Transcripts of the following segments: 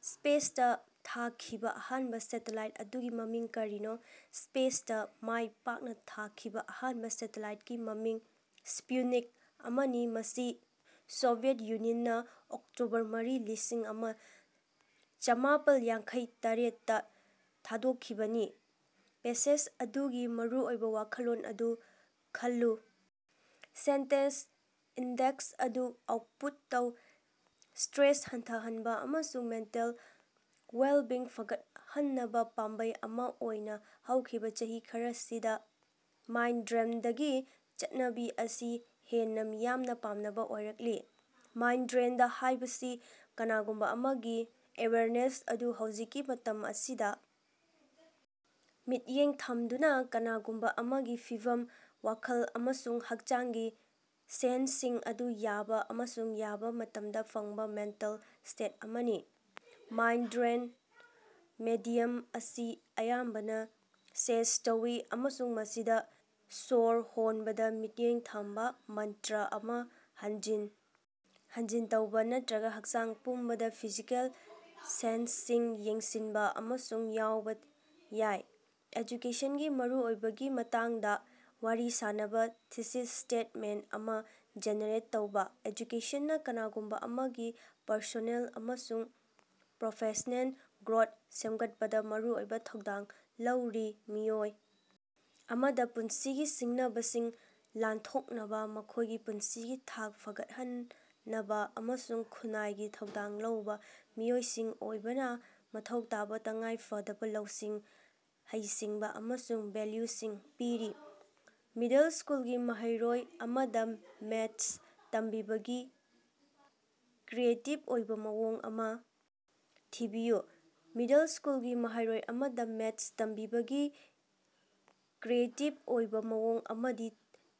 ꯁ꯭ꯄꯦꯁꯇ ꯊꯥꯈꯤꯕ ꯑꯍꯥꯟꯕ ꯁꯦꯇꯂꯥꯏꯠ ꯑꯗꯨꯒꯤ ꯃꯃꯤꯡ ꯀꯔꯤꯅꯣ? ꯁ꯭ꯄꯦꯁꯇꯥ ꯃꯥꯏ ꯄꯥꯛꯅ ꯊꯥꯈꯤꯕꯥ ꯑꯍꯥꯟꯕ ꯁꯦꯇꯦꯂꯥꯏꯠꯀꯤ ꯃꯃꯤꯡ ꯁ꯭ꯄꯨꯠꯅꯤꯛ ꯑꯃꯅꯤ, ꯃꯁꯤ ꯁꯣꯚꯤꯌꯦꯠ ꯌꯨꯅꯤꯌꯟꯅ ꯑꯣꯛꯇꯣꯕꯔ ꯃꯔꯤ, ꯂꯤꯁꯤꯡ ꯑꯃ ꯆꯃꯥꯄꯥꯜ ꯌꯥꯡꯈꯩ ꯇꯔꯦꯠꯇ ꯊꯥꯗꯣꯛꯈꯤꯕꯅꯤ꯫ ꯄꯦꯁꯦꯖ ꯑꯗꯨꯒꯤ ꯃꯔꯨꯑꯣꯏꯕ ꯋꯥꯈꯜꯂꯣꯟ ꯑꯗꯨ ꯈꯜꯂꯨ, ꯁꯦꯟꯇꯦꯟꯁ ꯏꯟꯗꯦꯛꯁ ꯑꯗꯨ ꯑꯥꯎꯠꯄꯨꯠ ꯇꯧ꯫ ꯁ꯭ꯇꯔꯦꯁ ꯍꯟꯊꯍꯟꯅꯕ ꯑꯃꯁꯨꯡ ꯃꯦꯟꯇꯦꯜ ꯋꯦꯜꯕꯤꯡ ꯐꯒꯠꯍꯟꯅꯕ ꯄꯥꯝꯕꯩ ꯑꯃ ꯑꯣꯏꯅ ꯍꯧꯈꯤꯕ ꯆꯍꯤ ꯈꯔꯁꯤꯗ ꯃꯥꯏꯟꯗꯐ꯭ꯔꯦꯟꯗꯒꯤ ꯆꯠꯅꯕꯤ ꯑꯁꯤ ꯍꯦꯟꯅ ꯃꯤꯌꯥꯃꯅ ꯄꯥꯝꯅꯕ ꯑꯣꯏꯔꯛꯂꯤ꯫ ꯃꯥꯏꯟꯗꯐ꯭ꯔꯦꯟꯗ ꯍꯥꯏꯕꯁꯤ ꯀꯅꯥꯒꯨꯝꯕ ꯑꯃꯒꯤ ꯑꯦꯋꯦꯌꯔꯅꯦꯁ ꯑꯗꯨ ꯍꯧꯖꯤꯛꯀꯤ ꯃꯇꯝ ꯑꯁꯤꯗ ꯃꯤꯠꯌꯦꯡ ꯊꯝꯗꯨꯅ, ꯀꯅꯥꯒꯨꯝꯕ ꯑꯃꯒꯤ ꯐꯤꯚꯝ, ꯋꯥꯈꯜ ꯑꯃꯁꯨꯡ ꯍꯛꯆꯥꯡꯒꯤ ꯁꯦꯟꯁꯁꯤꯡ ꯑꯗꯨ ꯌꯥꯕ ꯑꯃꯁꯨꯡ ꯌꯥꯕ ꯃꯇꯝꯗ ꯐꯪꯕ ꯃꯦꯟꯇꯦꯜ ꯁ꯭ꯇꯦꯠ ꯑꯃꯅꯤ꯫ ꯃꯥꯏꯟꯗꯐ꯭ꯔꯦꯟꯗ ꯃꯦꯗꯤꯌꯝ ꯑꯁꯤ ꯑꯌꯥꯝꯕꯅ ꯁꯖ꯭ꯦꯁꯠ ꯇꯧꯏ ꯑꯃꯁꯨꯡ ꯃꯁꯤꯗ ꯁ꯭ꯋꯔ ꯍꯣꯟꯕꯗ ꯃꯤꯠꯌꯦꯡ ꯊꯝꯕ, ꯃꯟꯇꯔꯥ ꯑꯃ ꯍꯟꯖꯤꯟ ꯍꯟꯖꯤꯟ ꯇꯧꯕ ꯅꯠꯇꯔꯒ ꯍꯛꯆꯥꯡ ꯄꯨꯝꯕꯗ ꯐꯤꯖꯤꯀꯦꯜ ꯁꯦꯟꯁꯁꯤꯡ ꯌꯦꯡꯁꯤꯟꯕ ꯑꯁꯤ ꯌꯥꯎꯕ ꯌꯥꯏ꯫ ꯑꯦꯖꯨꯀꯦꯁꯟꯒꯤ ꯃꯔꯨꯑꯣꯏꯕꯒꯤ ꯃꯇꯥꯡꯗ ꯋꯥꯔꯤ ꯁꯥꯅꯕ ꯊꯤꯁꯤꯁ ꯁ꯭ꯇꯦꯠꯃꯦꯟꯠ ꯑꯃ ꯖꯦꯅꯦꯔꯦꯠ ꯇꯧꯕ꯫ "ꯑꯦꯖꯨꯀꯦꯁꯟꯅ ꯀꯅꯥꯒꯨꯝꯕ ꯑꯃꯒꯤ ꯄꯔꯁꯣꯅꯦꯜ ꯑꯃꯁꯨꯡ ꯄ꯭ꯔꯣꯐꯦꯁꯅꯦꯜ ꯒ꯭ꯔꯣꯊ ꯁꯦꯝꯒꯠꯄꯗ ꯃꯔꯨꯑꯣꯏꯕ ꯊꯧꯗꯥꯡ ꯂꯧꯔꯤ, ꯃꯤꯑꯣꯏ ꯑꯃꯗ ꯄꯨꯟꯁꯤꯒꯤ ꯁꯤꯡꯅꯕꯁꯤꯡ ꯂꯥꯟꯊꯣꯛꯅꯕ, ꯃꯈꯣꯏꯒꯤ ꯄꯨꯟꯁꯤꯒꯤ ꯊꯥꯛ ꯐꯒꯠꯍꯟꯅꯕ ꯑꯃꯁꯨꯡ ꯈꯨꯟꯅꯥꯏꯒꯤ ꯊꯧꯗꯥꯡ ꯂꯧꯕ ꯃꯤꯑꯣꯏꯁꯤꯡ ꯑꯣꯏꯕꯅ ꯃꯊꯧ ꯇꯥꯕ ꯇꯉꯥꯏ ꯐꯗꯕ ꯂꯧꯁꯤꯡ, ꯍꯩꯁꯤꯡꯕ ꯑꯃꯁꯨꯡ ꯚꯦꯜꯌꯨꯁꯤꯡ ꯄꯤꯔꯤ꯫" ꯃꯤꯗꯜ ꯁ꯭ꯀꯨꯜꯒꯤ ꯃꯍꯩꯔꯣꯏ ꯑꯃꯗ ꯃꯦꯊꯁ ꯇꯝꯕꯤꯕꯒꯤ ꯀ꯭ꯔꯤꯌꯦꯇꯤꯕ ꯑꯣꯏꯕ ꯃꯑꯣꯡ ꯑꯃ ꯊꯤꯕꯤꯌꯨ꯫ ꯃꯤꯗꯜ ꯁ꯭ꯀꯨꯜꯒꯤ ꯃꯍꯩꯔꯣꯏ ꯑꯃꯗ ꯃꯦꯊꯁ ꯇꯝꯕꯤꯕꯒꯤ ꯀ꯭ꯔꯤꯌꯦꯇꯤꯕ ꯑꯣꯏꯕ ꯃꯑꯣꯡ ꯑꯃꯗꯤ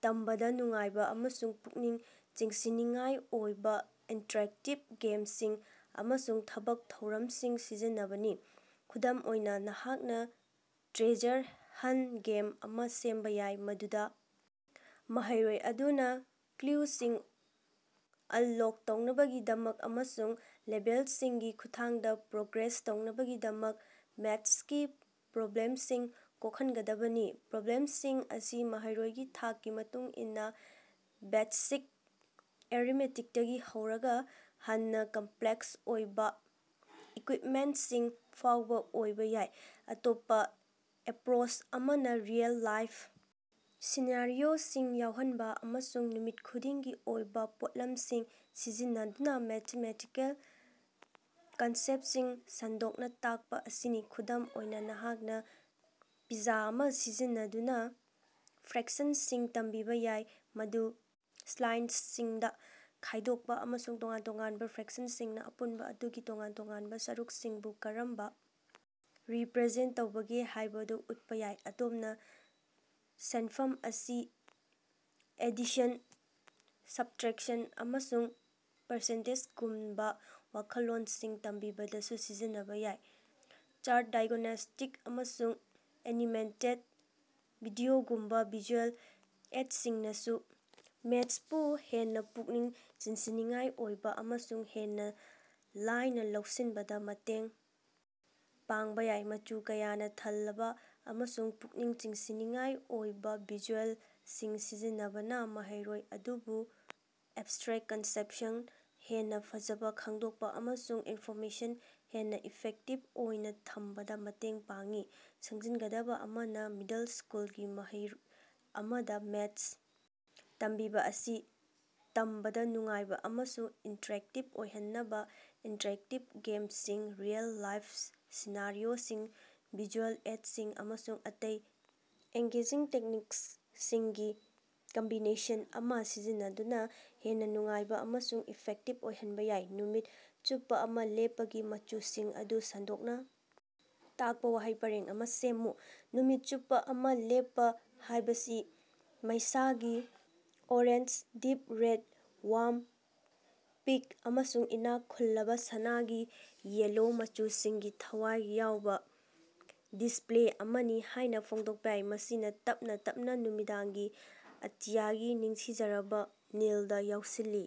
ꯇꯝꯕꯗ ꯅꯨꯡꯉꯥꯏꯕ ꯑꯃꯁꯨꯡ ꯄꯨꯛꯅꯤꯡ ꯆꯤꯡꯁꯤꯟꯅꯤꯡꯉꯥꯏ ꯑꯣꯏꯕ ꯏꯟꯇꯔꯦꯛꯇꯤꯕ ꯒꯦꯝꯁꯤꯡ ꯑꯃꯁꯨꯡ ꯊꯕꯛ ꯊꯧꯔꯝꯁꯤꯡ ꯁꯤꯖꯤꯟꯅꯕꯅꯤ꯫ ꯈꯨꯗꯝ ꯑꯣꯏꯅ, ꯅꯍꯥꯛꯅ ꯇ꯭ꯔꯦꯖꯔ ꯍꯟꯠ ꯒꯦꯝ ꯑꯃ ꯁꯦꯝꯕ ꯌꯥꯏ, ꯃꯗꯨꯗ ꯃꯍꯩꯔꯣꯏ ꯑꯗꯨꯅ ꯀ꯭ꯂꯨꯁꯤꯡ ꯑꯟꯂꯣꯛ ꯇꯧꯅꯕꯒꯤꯗꯃꯛ ꯑꯃꯁꯨꯡ ꯂꯦꯚꯦꯜꯁꯤꯡꯒꯤ ꯈꯨꯠꯊꯥꯡꯗ ꯄ꯭ꯔꯣꯒ꯭ꯔꯦꯁ ꯇꯧꯅꯕꯒꯤꯗꯃꯛ ꯃ꯭ꯦꯊꯁꯀꯤ ꯄ꯭ꯔꯣꯕ꯭ꯂꯦꯝꯁꯤꯡ ꯀꯣꯛꯍꯟꯒꯗꯕꯅꯤ꯫ ꯄ꯭ꯔꯣꯕ꯭ꯂꯦꯝꯁꯤꯡ ꯑꯁꯤ ꯃꯍꯩꯔꯣꯏꯒꯤ ꯊꯥꯛꯀꯤ ꯃꯇꯨꯡ ꯏꯟꯅ ꯕꯦꯁꯤꯛ ꯑꯦꯔꯤꯊꯃꯦꯇꯤꯛꯇꯒꯤ ꯍꯧꯔꯒ ꯍꯦꯟꯅ ꯀꯝꯄꯂꯦꯛꯁ ꯑꯣꯏꯕ ꯏꯀ꯭ꯌꯨꯏꯞꯃꯦꯟꯠꯁꯤꯡ ꯐꯥꯎꯕ ꯑꯣꯏꯕ ꯌꯥꯏ꯫ ꯑꯇꯣꯞꯄ ꯑꯦꯄ꯭ꯔꯣꯆ ꯑꯃꯅ ꯔꯤꯑꯦꯜ-ꯂꯥꯏꯐ ꯁꯤꯅꯥꯔꯤꯑꯣꯁꯤꯡ ꯌꯥꯎꯍꯟꯕ ꯑꯃꯁꯨꯡ ꯅꯨꯃꯤꯠ ꯈꯨꯗꯤꯡꯒꯤ ꯑꯣꯏꯕ ꯄꯣꯠꯂꯝꯁꯤꯡ ꯁꯤꯖꯤꯟꯅꯗꯨꯅ ꯃ꯭ꯦꯊꯃꯦꯇꯤꯀꯦꯜ ꯀꯟꯁꯦꯞꯁꯤꯡ ꯁꯟꯗꯣꯛꯅꯥ ꯇꯥꯛꯄ ꯑꯁꯤꯅꯤ꯫ ꯈꯨꯗꯝ ꯑꯣꯏꯅ, ꯅꯍꯥꯛꯅ ꯄꯤꯖ꯭ꯖꯥ ꯑꯃ ꯁꯤꯖꯤꯟꯅꯗꯨꯅ ꯐ꯭ꯔꯦꯛꯁꯟꯁꯤꯡ ꯇꯝꯕꯤꯕ ꯌꯥꯏ, ꯃꯗꯨ ꯁ꯭ꯂꯥꯏꯁꯁꯤꯡꯗ ꯈꯥꯏꯗꯣꯛꯄ ꯑꯃꯁꯨꯡ ꯇꯣꯉꯥꯟ-ꯇꯣꯉꯥꯟꯕ ꯐ꯭ꯔꯦꯛꯁꯟꯁꯤꯡꯅ ꯑꯄꯨꯟꯕ ꯑꯗꯨꯒꯤ ꯇꯣꯉꯥꯟ-ꯇꯣꯉꯥꯟꯕ ꯁꯔꯨꯛꯁꯤꯡꯕꯨ ꯀꯔꯝꯅ ꯔꯤꯄ꯭ꯔꯖꯦꯟꯠ ꯇꯧꯕꯒꯦ ꯍꯥꯏꯕꯗꯨ ꯎꯠꯄ ꯌꯥꯏ꯫ ꯑꯗꯣꯝꯅ ꯁꯦꯟꯐꯝ ꯑꯁꯤ ꯑꯦꯗꯤꯁꯟ, ꯁꯕꯠꯔꯦꯛꯁꯟ, ꯑꯃꯁꯨꯡ ꯄꯥꯔꯁꯦꯟꯇꯦꯖꯒꯨꯝꯕ ꯋꯥꯈꯜꯂꯣꯅꯁꯤꯡ ꯇꯝꯕꯤꯕꯗꯁꯨ ꯁꯤꯖꯤꯟꯅꯕ ꯌꯥꯏ꯫ ꯆꯥ꯭ꯔꯠ, ꯗꯥꯏꯒꯅꯣꯁ꯭ꯇꯤꯛ, ꯑꯃꯁꯨꯡ ꯑꯦꯅꯤꯃꯦꯇꯦꯗ ꯚꯤꯗꯤꯑꯣꯒꯨꯝꯕ ꯚꯤꯖꯨꯑꯦꯜ ꯑꯦꯗꯁꯤꯡꯅꯁꯨ ꯃ꯭ꯦꯊꯁꯄꯨ ꯍꯦꯟꯅ ꯄꯨꯛꯅꯤꯡ ꯆꯤꯡꯁꯤꯟꯅꯤꯡꯉꯥꯏ ꯑꯣꯏꯕ ꯑꯃꯁꯨꯡ ꯍꯦꯟꯅ ꯂꯥꯏꯅ ꯂꯧꯁꯤꯟꯕꯗ ꯃꯇꯦꯡ ꯄꯥꯡꯕ ꯌꯥꯏ꯫ ꯃꯆꯨ ꯀꯌꯥꯅ ꯊꯜꯂꯕ ꯑꯃꯁꯨꯡ ꯄꯨꯛꯅꯤꯡ ꯆꯤꯡꯁꯤꯟꯅꯤꯡꯉꯥꯏ ꯑꯣꯏꯕ ꯚꯤꯖꯨꯑꯦꯂꯁꯤꯡ ꯁꯤꯖꯤꯟꯅꯕꯅ ꯃꯍꯩꯔꯣꯏ ꯑꯗꯨꯕꯨ ꯑꯦꯕꯁ꯭ꯇꯔꯦꯛ ꯀꯟꯁꯦꯞꯁꯤꯡ ꯍꯦꯟꯅ ꯐꯖꯅ ꯈꯪꯗꯣꯛꯄꯥ ꯑꯃꯁꯨꯡ ꯏꯟꯐꯣꯔꯃꯦꯁꯟ ꯍꯦꯟꯅ ꯏꯐꯦꯛꯇꯤꯚ ꯑꯣꯏꯅ ꯊꯝꯕꯗꯥ ꯃꯇꯦꯡ ꯄꯥꯡꯏ꯫ ꯈꯪꯖꯤꯟꯒꯗꯕ ꯑꯃꯅ, ꯃꯤꯗꯜ ꯁ꯭ꯀꯨꯜꯒꯤ ꯃꯍꯩꯔꯣꯏ ꯑꯃꯗ ꯃ꯭ꯦꯊꯁ ꯇꯝꯕꯤꯕꯥ ꯑꯁꯤ ꯇꯝꯕꯗ ꯅꯨꯡꯉꯥꯏꯕ ꯑꯃꯁꯨꯡ ꯏꯟꯇꯔꯦꯛꯇꯤꯕ ꯑꯣꯏꯍꯟꯅꯕ ꯏꯟꯇꯔꯦꯛꯇꯤꯕ ꯒꯦꯝꯁꯤꯡ, ꯔꯤꯑꯦꯜ-ꯂꯥꯏꯐ ꯁꯤꯅꯥꯔꯤꯑꯣꯁꯤꯡ, ꯚꯤꯖꯨꯑꯦꯜ ꯑꯦꯗꯁꯤꯡ, ꯑꯃꯁꯨꯡ ꯑꯇꯩ ꯑꯦꯡꯒꯦꯖꯤꯡ ꯇꯦꯛꯅꯤꯀꯁꯤꯡꯒꯤ ꯀꯝꯕꯤꯅꯦꯁꯟ ꯑꯃ ꯁꯤꯖꯤꯟꯅꯗꯨꯅ ꯍꯦꯟꯅ ꯅꯨꯡꯉꯥꯏꯕ ꯑꯃꯁꯨꯡ ꯏꯐꯦꯛꯇꯤꯚ ꯑꯣꯏꯍꯟꯕ ꯌꯥꯏ꯫ ꯅꯨꯃꯤꯠ ꯆꯨꯞꯄ ꯑꯃꯥ ꯂꯦꯞꯄꯒꯤ ꯃꯆꯨꯁꯤꯡ ꯑꯗꯨ ꯁꯟꯗꯣꯛꯅ ꯇꯥꯛꯄ ꯋꯥꯍꯩ ꯄꯔꯦꯡ ꯑꯃ ꯁꯦꯝꯃꯨ꯫ ꯅꯨꯃꯤꯠ ꯆꯨꯞꯄ ꯑꯃꯥ ꯂꯦꯞꯄ ꯍꯥꯏꯕꯁꯤ ꯃꯩꯁꯥꯒꯤ orange, deep red, warm pink, ꯑꯃꯁꯨꯡ ꯏꯅꯥꯛ ꯈꯨꯜꯂꯕ ꯁꯅꯥꯒꯤ ꯌꯦꯜꯂꯣ ꯃꯆꯨꯁꯤꯡꯒꯤ ꯊꯋꯥꯏ ꯌꯥꯎꯕ ꯗꯤꯁꯄ꯭ꯂꯦ ꯑꯃꯅꯤ ꯍꯥꯏꯅ ꯐꯣꯡꯗꯣꯛꯄ ꯌꯥꯏ, ꯃꯁꯤꯅ ꯇꯞꯅ ꯇꯞꯅ ꯅꯨꯃꯤꯗꯥꯡꯒꯤ ꯑꯇꯤꯌꯥꯒꯤ ꯅꯤꯡꯊꯤꯖꯔꯕ ꯅꯤꯜꯗ ꯌꯥꯎꯁꯤꯜꯂꯤ꯫